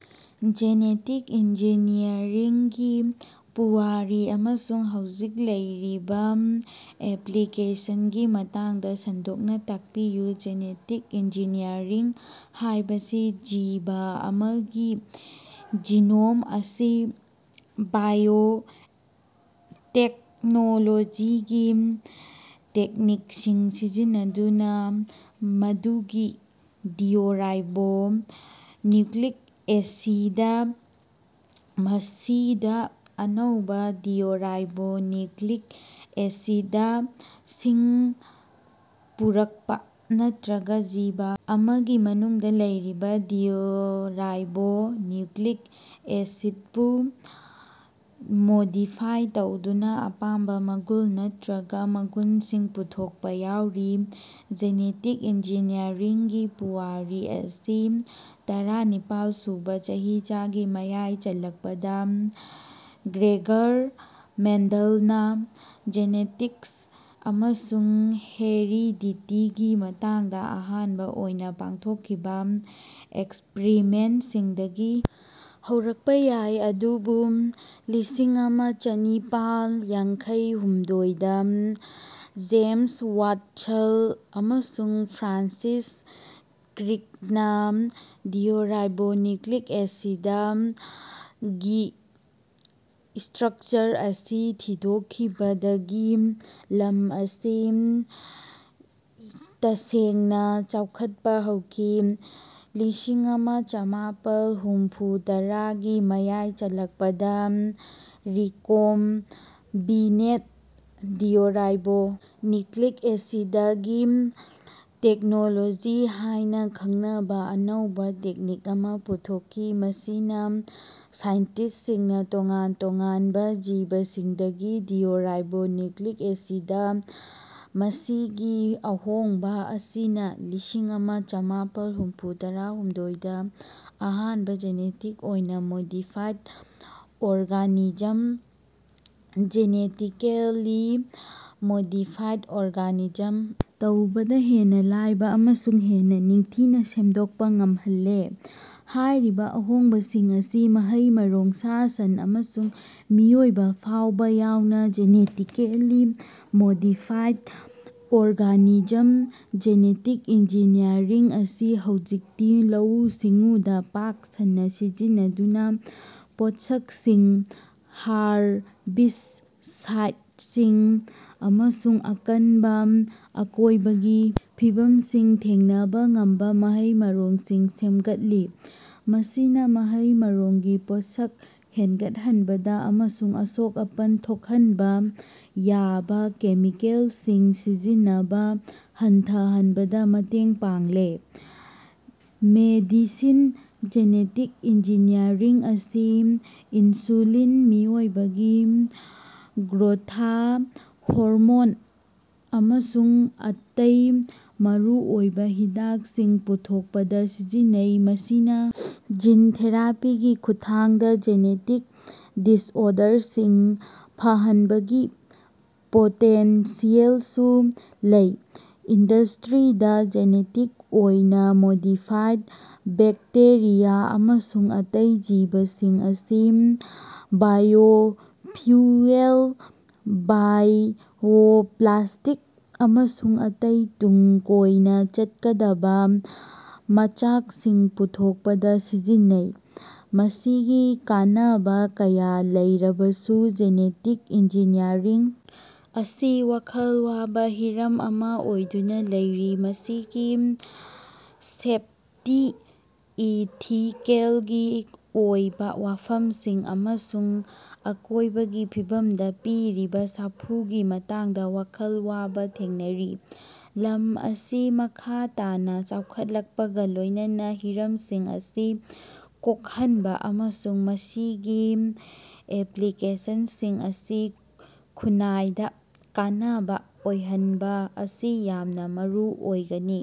Genetic ꯏꯟꯖꯤꯅꯤꯌꯔꯤꯡꯒꯤ ꯄꯨꯋꯥꯔꯤ ꯑꯃꯁꯨꯡ ꯍꯧꯖꯤꯛ ꯂꯩꯔꯤꯕ ꯑꯦꯄ꯭ꯂꯤꯀꯦꯁꯟꯒꯤ ꯃꯇꯥꯡꯗ ꯁꯟꯗꯣꯛꯅ ꯇꯥꯛꯄꯤꯌꯨ꯫ ꯖꯦꯅꯦꯇꯤꯛ ꯏꯟꯖꯤꯅꯤꯌꯔꯤꯡ ꯍꯥꯏꯕꯁꯤ ꯖꯤꯕ ꯑꯃꯒꯤ ꯖꯤꯅꯣꯝ ꯑꯁꯤ ꯕꯥꯏꯑꯣꯇꯦꯛꯅꯣꯂꯣꯖꯤꯒꯤ ꯇꯦꯛꯅꯤꯛꯁꯤꯡ ꯁꯤꯖꯤꯟꯅꯗꯨꯅ ꯃꯗꯨꯒꯤ ꯗꯤꯑꯣꯔꯥꯏꯕꯣ ꯅ꯭ꯌꯨꯀ꯭ꯂꯤꯛ ꯑꯦꯁꯤꯗ ꯃꯁꯤꯗ ꯑꯅꯧꯕ ꯗꯤꯑꯣꯔꯥꯏꯕꯣ ꯅ꯭ꯌꯨꯀ꯭ꯂꯤꯛ ꯑꯦꯁꯤꯗ ꯁꯤꯡ ꯄꯨꯔꯛꯄ ꯅꯠꯇ꯭ꯔꯒ ꯖꯤꯕ ꯑꯃꯒꯤ ꯃꯅꯨꯡꯗ ꯂꯩꯔꯤꯕ ꯗꯤꯑꯣꯔꯥꯏꯕꯣ ꯅ꯭ꯌꯨꯀ꯭ꯂꯤꯛ ꯑꯦꯁꯤꯗꯄꯨ ꯃꯣꯗꯤꯐꯥꯏ ꯇꯧꯗꯨꯅ ꯑꯄꯥꯝꯕ ꯃꯒꯨꯟ ꯅꯠꯇ꯭ꯔꯒ ꯃꯒꯨꯟꯁꯤꯡ ꯄꯨꯊꯣꯛꯄ ꯌꯥꯎꯔꯤ꯫ ꯖꯦꯅꯦꯇꯤꯛ ꯏꯟꯖꯤꯅꯤꯌꯔꯤꯡꯒꯤ ꯄꯨꯋꯥꯔꯤ ꯑꯁꯤ ꯇꯔꯥꯅꯤꯄꯥꯜ ꯁꯨꯕ ꯆꯍꯤꯆꯥꯒꯤ ꯃꯌꯥꯏ ꯆꯜꯂꯛꯄꯗ ꯒ꯭ꯔꯦꯒꯔ ꯃꯦꯟꯗꯜꯅ ꯖꯦꯅꯦꯇꯤꯛꯁ ꯑꯃꯁꯨꯡ ꯍꯦꯔꯤꯗꯤꯇꯤꯒꯤ ꯃꯇꯥꯡꯗ ꯑꯍꯥꯟꯕ ꯑꯣꯏꯅ ꯄꯥꯡꯊꯣꯛꯈꯤꯕ ꯑꯦꯛꯁꯄ꯭ꯔꯤꯃꯦꯟꯠꯁꯤꯡꯗꯒꯤ ꯍꯧꯔꯛꯄ ꯌꯥꯏ꯫ ꯑꯗꯨꯕꯨ ꯂꯤꯁꯤꯡꯑꯃ ꯆꯥꯅꯤꯄꯥꯜ ꯌꯥꯡꯈꯩ ꯍꯨꯝꯗꯣꯏ ꯗ ꯖꯦꯝꯁ ꯋꯥꯠꯁꯟ ꯑꯃꯁꯨꯡ ꯐ꯭ꯔꯥꯟꯁꯤꯁ ꯀ꯭ꯔꯤꯛꯅ ꯗꯤꯑꯣꯔꯥꯏꯕꯣ ꯅ꯭ꯌꯨꯀ꯭ꯂꯤꯛ ꯑꯦꯁꯤꯗ ꯒꯤ ꯁ꯭ꯇꯔꯛꯆꯔ ꯑꯁꯤ ꯊꯤꯗꯣꯛꯈꯤꯕꯗꯒꯤ ꯂꯝ ꯑꯁꯤ ꯇꯁꯦꯡꯅ ꯆꯥꯎꯈꯠꯄ ꯍꯧꯈꯤ꯫ ꯂꯤꯁꯤꯡꯑꯃ ꯆꯥꯃꯥꯄꯜ ꯍꯨꯝꯐꯨꯇꯔꯥ ꯒꯤ ꯃꯌꯥꯏ ꯆꯜꯂꯛꯄꯗ ꯔꯤꯀꯣꯝꯕꯤꯅꯦꯟꯠ ꯗꯤꯑꯣꯔꯥꯏꯕꯣ ꯅꯤꯀ꯭ꯂꯤꯛ ꯑꯦꯁꯤꯗ ꯒꯤ ꯇꯦꯛꯅꯣꯂꯣꯖꯤ ꯍꯥꯏꯅ ꯈꯪꯅꯕ ꯑꯅꯧꯕ ꯇꯦꯛꯅꯤꯛ ꯑꯃ ꯄꯨꯊꯣꯛꯈꯤ, ꯃꯁꯤꯅ ꯁꯥꯏꯟꯇꯤꯁꯁꯤꯡꯅ ꯇꯣꯉꯥꯟ ꯇꯣꯉꯥꯟꯕ ꯖꯤꯕꯁꯤꯡꯗꯒꯤ ꯗꯤꯑꯣꯔꯥꯏꯕꯣ ꯅ꯭ꯌꯨꯀ꯭ꯂꯤꯛ ꯑꯦꯁꯤꯗ ꯃꯁꯤꯒꯤ ꯑꯍꯣꯡꯕ ꯑꯁꯤꯅ ꯂꯤꯁꯤꯡ ꯑꯃ ꯆꯥꯃꯥꯄꯜ ꯍꯨꯝꯐꯨꯇꯔꯥꯍꯨꯝꯗꯣꯏ ꯗ ꯑꯍꯥꯟꯕ ꯖꯦꯅꯦꯇꯤꯛ ꯑꯣꯏꯅ modified organism (genetically modified organism) ꯇꯧꯕꯗ ꯍꯦꯟꯅ ꯂꯥꯏꯕ ꯑꯃꯁꯨꯡ ꯍꯦꯟꯅ ꯅꯤꯡꯊꯤꯅ ꯁꯦꯝꯗꯣꯛꯄ ꯉꯝꯍꯜꯂꯦ꯫ ꯍꯥꯏꯔꯤꯕ ꯑꯍꯣꯡꯕꯁꯤꯡ ꯑꯁꯤꯅ ꯃꯍꯩ-ꯃꯔꯣꯡ, ꯁꯥ-ꯁꯟ, ꯑꯃꯁꯨꯡ ꯃꯤꯑꯣꯏꯕ ꯐꯥꯎꯕ ꯌꯥꯎꯅ genetically modified organism genetic engineering ꯑꯁꯤ ꯍꯧꯖꯤꯛꯇꯤ ꯂꯧꯎ-ꯁꯤꯡꯎꯗ ꯄꯥꯛ ꯁꯟꯅ ꯁꯤꯖꯤꯟꯅꯗꯨꯅ ꯄꯣꯠꯁꯛꯁꯤꯡ, ꯍꯥꯔꯕꯤꯁꯥꯏꯗꯁꯤꯡ ꯑꯃꯁꯨꯡ ꯑꯀꯟꯕ ꯑꯀꯣꯏꯕꯒꯤ ꯐꯤꯕꯝꯁꯤꯡ ꯊꯦꯡꯅꯕ ꯉꯝꯕ ꯃꯍꯩ-ꯃꯔꯣꯡꯁꯤꯡ ꯁꯦꯝꯒꯠꯂꯤ꯫ ꯃꯁꯤꯅ ꯃꯍꯩ-ꯃꯔꯣꯡꯒꯤ ꯄꯣꯠꯁꯛ ꯍꯦꯟꯒꯠꯍꯟꯕꯗ ꯑꯃꯁꯨꯡ ꯑꯁꯣꯛ-ꯑꯄꯟ ꯊꯣꯛꯍꯟꯕ ꯌꯥꯕ ꯀꯦꯃꯤꯀꯦꯜꯁꯤꯡ ꯁꯤꯖꯤꯟꯅꯕ ꯍꯟꯊꯍꯟꯕꯗ ꯃꯇꯦꯡ ꯄꯥꯡꯂꯦ꯫ ꯃꯦꯗꯤꯁꯤꯟ ꯖꯦꯅꯦꯇꯤꯛ ꯏꯟꯖꯤꯅꯤꯌꯔꯤꯡ ꯑꯁꯤ ꯏꯟꯁꯨꯂꯤꯟ, ꯃꯤꯑꯣꯏꯕꯒꯤ ꯒ꯭ꯔꯣꯊꯥ ꯍꯣꯔꯃꯣꯟ ꯑꯃꯁꯨꯡ ꯑꯇꯩ ꯃꯔꯨꯑꯣꯏꯕ ꯍꯤꯗꯥꯛꯁꯤꯡ ꯄꯨꯊꯣꯛꯄꯗ ꯁꯤꯖꯤꯟꯅꯩ꯫ ꯃꯁꯤꯅ ꯖꯤꯟ ꯊꯦꯔꯥꯄꯤꯒꯤ ꯈꯨꯠꯊꯥꯡꯗ ꯖꯦꯅꯦꯇꯤꯛ ꯗꯤꯁꯑꯣꯔꯗꯔꯁꯤꯡ ꯐꯍꯟꯕꯒꯤ ꯄꯣꯇꯦꯟꯁꯤꯌꯦꯜꯁꯨ ꯂꯩ꯫ ꯏꯟꯗꯁꯇ꯭ꯔꯤꯗ, ꯖꯤꯅꯦꯇꯤꯛ ꯑꯣꯏꯅ ꯃꯣꯗꯤꯐꯥꯏꯗ ꯕꯦꯛꯇꯦꯔꯤꯌꯥ ꯑꯃꯁꯨꯡ ꯑꯇꯩ ꯖꯤꯕꯁꯤꯡ ꯑꯁꯤ ꯕꯥꯏꯑꯣꯐ꯭ꯌꯨꯑꯦꯜ, ꯕꯥꯏꯑꯣꯄ꯭ꯂꯥꯁꯇꯤꯛ, ꯑꯃꯁꯨꯡ ꯑꯇꯩ ꯇꯨꯡ ꯀꯣꯏꯅ ꯆꯠꯀꯗꯕ ꯃꯆꯥꯛꯁꯤꯡ ꯄꯨꯊꯣꯛꯄꯗ ꯁꯤꯖꯤꯟꯅꯩ꯫ ꯃꯁꯤꯒꯤ ꯀꯥꯟꯅꯕ ꯀꯌꯥ ꯂꯩꯔꯕꯁꯨ, ꯖꯦꯅꯦꯇꯤꯛ ꯏꯟꯖꯤꯅꯤꯌꯔꯤꯡ ꯑꯁꯤ ꯋꯥꯈꯜ ꯋꯥꯕ ꯍꯤꯔꯝ ꯑꯃ ꯑꯣꯏꯗꯨꯅ ꯂꯩꯔꯤ, ꯃꯁꯤꯒꯤ ꯁꯦꯐꯇꯤ, ꯏꯊꯤꯀꯦꯜꯒꯤ ꯑꯣꯏꯕ ꯋꯥꯐꯝꯁꯤꯡ ꯑꯃꯁꯨꯡ ꯑꯀꯣꯏꯕꯒꯤ ꯐꯤꯕꯝꯗ ꯄꯤꯔꯤꯕ ꯁꯥꯐꯨꯒꯤ ꯃꯇꯥꯡꯗ ꯋꯥꯈꯜ ꯋꯥꯕ ꯊꯦꯡꯅꯔꯤ꯫ ꯂꯝ ꯑꯁꯤ ꯃꯈꯥ ꯇꯥꯅ ꯆꯥꯎꯈꯠꯂꯛꯄꯒ ꯂꯣꯏꯅꯅ ꯍꯤꯔꯝꯁꯤꯡ ꯑꯁꯤ ꯀꯣꯛꯍꯟꯕ ꯑꯃꯁꯨꯡ ꯃꯁꯤꯒꯤ ꯑꯦꯄ꯭ꯂꯤꯀꯦꯁꯟꯁꯤꯡ ꯑꯁꯤ ꯈꯨꯟꯅꯥꯏꯗ ꯀꯥꯟꯅꯕ ꯑꯣꯏꯍꯟꯕ ꯑꯁꯤ ꯌꯥꯝꯅ ꯃꯔꯨ ꯑꯣꯏꯒꯅꯤ꯫